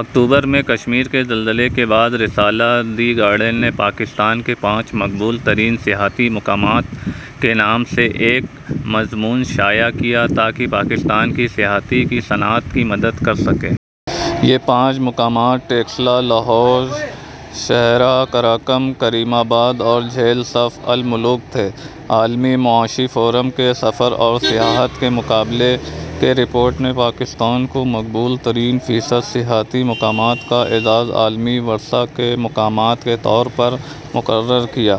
اکتوبر ءمیں کشمیر کے زلزلے کے بعد رسالہ دی گارڈین نے پاکستان کے پانچ مقبول ترین سیاحتی مقامات کے نام سے ایک مضمون شائع کیا تاکہ پاکستان کی سیاحتی کی صنعت کی مدد کر سکے۔ یہ پانچ مقامات ٹیکسلا ، لاہور ، شاہراہ قراقرم ، کریم آباد اور جھیل سیف الملوک تہے۔ عالمی معاشی فورم کے سفر اور سیاحت کے مقابلے کی رپورٹ نے پاکستان کو مقبول ترین فیصد سیاحتی مقامات کا اعزاز عالمی ورثہ کے مقامات کے طور پر مقرر کیا۔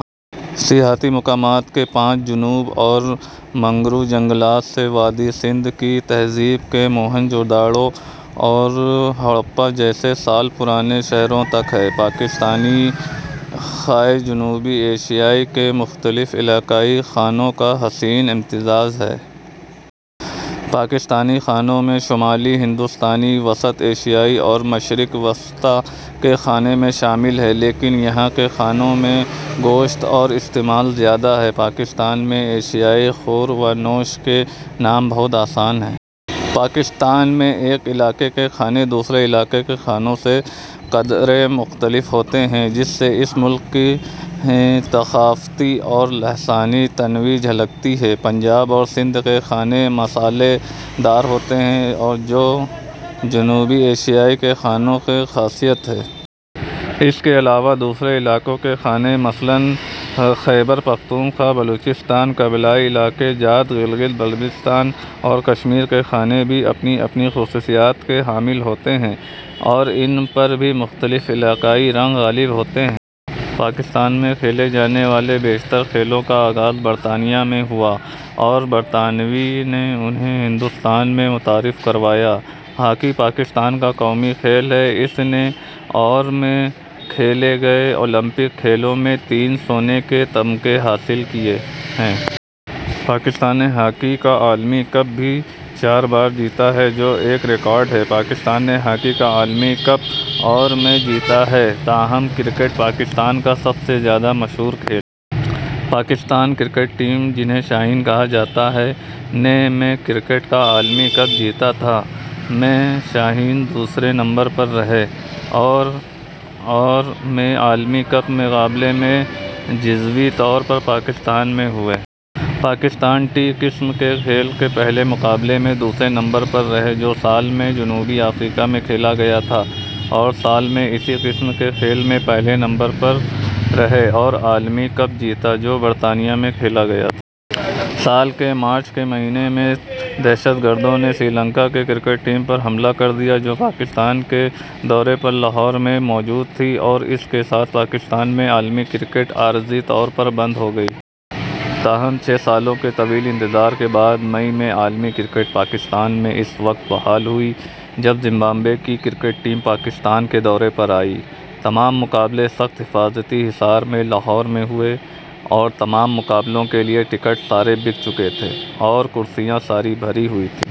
سیاحتی مقامات کی پہنچ جنوب میں مینگروو جنگلات سے وادئ سندھ کی تہذیب کے موہنجو داڑو اور ہڑپہ جیسے سال پرانے شہروں تک ہے۔ پاکستانی کھانے جنوبی ایشیا کے مختلف علاقائی کھانوں کا حسین امتزاج ہیں۔ پاکستانی کھانوں میں شمالی ھندوستانی، وسط ایشیائی اور مشرق وسطیٰ کے کھانے شامل ہیں لیکن یہاں کے کھانوں میں گوشت کا استعمال زیادہ ہے۔ پاکستان میں اشیائے خور و نوش کے نام بہت آسان ہیں۔ پاکستان میں ایک علاقے کے کھانے دوسرے علاقے کے کھانوں سے قدرے مختلف ہوتے ہیں جس سے اس ملک کی ثقافتی اور لسانی تنوع جھلکتی ہے۔ پنجاب اور سندھ کے کھانے مصالحے دار ہوتے ہیں جو جنوبی ایشیا کے کھانوں کی خاصیت ہے۔ اس کے علاوہ دوسرے علاقوں کے کھانے مثلاً خیبر پختونخوا، بلوچستان، قبائیلی علاقہ جات، گلگت بلتستان اور کشمیر کے کھانے بھی اپنی اپنی خصوصیات کے حامل ہوتے ہیں اور ان پر بھی مختلف علاقائی رنگ غالب ہوتے ہیں۔ پاکستان میں کھیلے جانے والے بیشتر کھیلوں کا آغاز برطانیہ میں ہوا اور برطانویوں نے انھیں ہندوستان میں متعارف کروایا۔ ہاکی پاکستان کا قومی کھیل ہے۔ اس نے ء، ء اور ء میں کھیلے گئے اولمپک کھیلوں میں تین سونے کے طمغے حاصل کیے ہیں۔ پاکستان نے ہاکی کا عالمی کپ بھی چار بار جیتا ہے جو ایک ریکارڈ ہے۔ پاکستان نے ہاکی کا عالمی کپ ء، ء، ء اور ء میں جیتا ہے۔ تاہم، کرکٹ پاکستان کا سب سے زیادہ مشہور کھیل ہے۔ پاکستان کرکٹ کے ٹیم، جنھیں شاہین کہا جاتا ہے، نے ء میں کرکٹ کا عالمی کپ جیتا تھا۔ ءمیں شاھین دوسرے نمبر پر رہے۔ اور ء اور ء میں عالمی کپ کے مقابلے جزوی طور پر پاکستان میں ہوئے۔ پاکستان ٹی قسم کے کھیل کے پہلے مقابلے میں دوسرے نمبر پر رہے جو سال ء میں جنوبی افریقا میں کھیلا گیا تھا۔ اور سال ء میں اسی قسم کے کھیل میں پہلے نمبر پر رہے اور عالمی کپ جیتا جو برطانیہ میں کھیلا گیا تھا۔ سال ء کے مارچ کے مہینے میں دہشت گردوں نے سری لنکا کے کرکٹ ٹیم پر حملہ کر دیا جو پاکستان کے دورے پر لاہور میں موجود تھی اور اسی کے ساتھ پاکستان میں عالمی کرکٹ عارضی طور پر بند ہو گئی۔ تاہم چھ سالوں کے طویل انتظار کے بعد مئی ء میں عالمی کرکٹ پاکستان میں اس وقت بحال ہوئی جب زمبابوے کی کرکٹ ٹیم پاکستان کے دورے پر آئی۔ تمام مقابلے سخت حفاظتی حصار میں لاہور میں ہوئے اور تمام مقابلوں کے لیے ٹکٹ سارے بک چکے تھے اور کرسیاں ساری بھری ہوئی تھیں۔